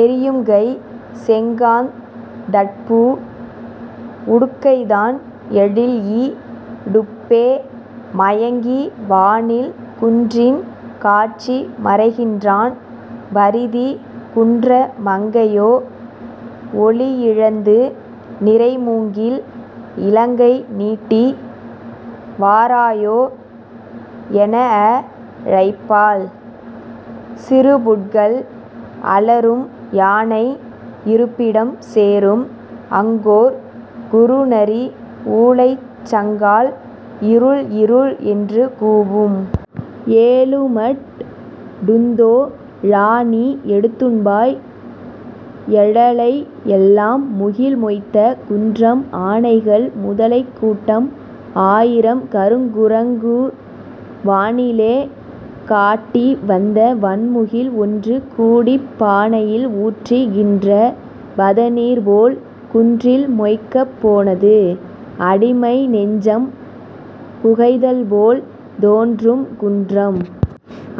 எறியும்கை, செங்காந் தட்பூ! உடுக்கைதான் எழில்இ டுப்பே! மங்கிய வானில் குன்றின் காட்சி மறைகின்றான் பரிதி; குன்ற மங்கையோ ஒளியிழந்து, நிறைமூங்கில் இளங்கை நீட்டி வாராயோ எனஅ ழைப்பாள்! சிறுபுட்கள் அலறும்! யானை இருப்பிடம் சேரும்! அங்கோர் குறுநரி ஊளைச் சங்கால் இருள் இருள் என்று கூவும்! ஏலுமட் டுந்தோ ழாநீ எடுத்துண்பாய் எழலை எல்லாம்! முகில் மொய்த்த குன்றம் ஆனைகள், முதலைக் கூட்டம், ஆயிரம் கருங்குரங்கு, வானிலே காட்டி வந்த வண்முகில் ஒன்று கூடிப் பானயில் ஊற்று கின்ற பதநீர்போல் குன்றில் மொய்க்கப் போனது. அடிமை நெஞ்சம் புகைதல்போல் தோன்றும் குன்றம்!.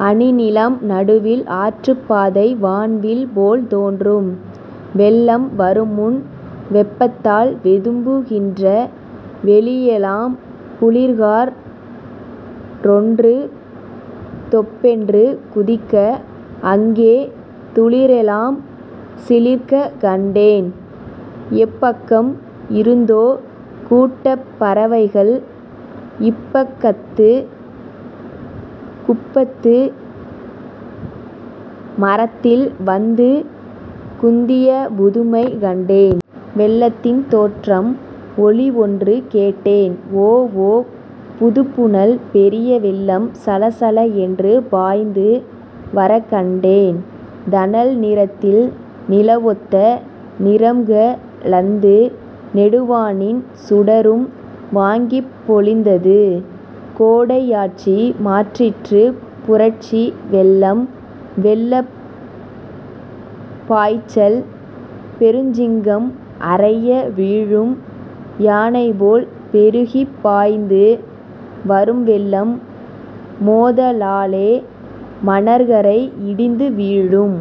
அணிநிலம் நடுவில் ஆற்றுப் பாதை "வான்வில்" போல் தோன்றும். வெள்ளம் வருமுன் வெப்பத்தால் வெதும்பு கின்ற வெளியெலாம் குளிர்காற் றொன்று தொப்பென்று குதிக்க, அங்கே துளிரெலாம் சிலிர்க்கக் கண்டேன். எப்பக்கம் இருந்தோ கூட்டப் பறவைகள் இப்பக் கத்துக் குப்பத்து மரத்தில் வந்து குந்திய புதுமை கண்டேன். வெள்ளத்தின் தோற்றம் ஒலிஒன்று கேட்டேன். ஓஓ புதுப்புனல்! பெரிய வெள்ளம், சலசல என்று பாய்ந்து வரக்கண்டேன் தணல் நிறத்தில் நிலவொத்த நிறம்க லந்து நெடுவானின் சுடரும் வாங்கிப் பொலிந்தது! கோடை யாட்சி மாற்றிற்றுப் புரட்சி வெள்ளம். வெள்ளப் பாய்ச்சல் பெருஞ்சிங்கம் அரைய வீழும் யானைபோல் பெருகிப் பாய்ந்து வரும்வெள்ளம், மோத லாலே மணற்கரை இடிந்து வீழும்!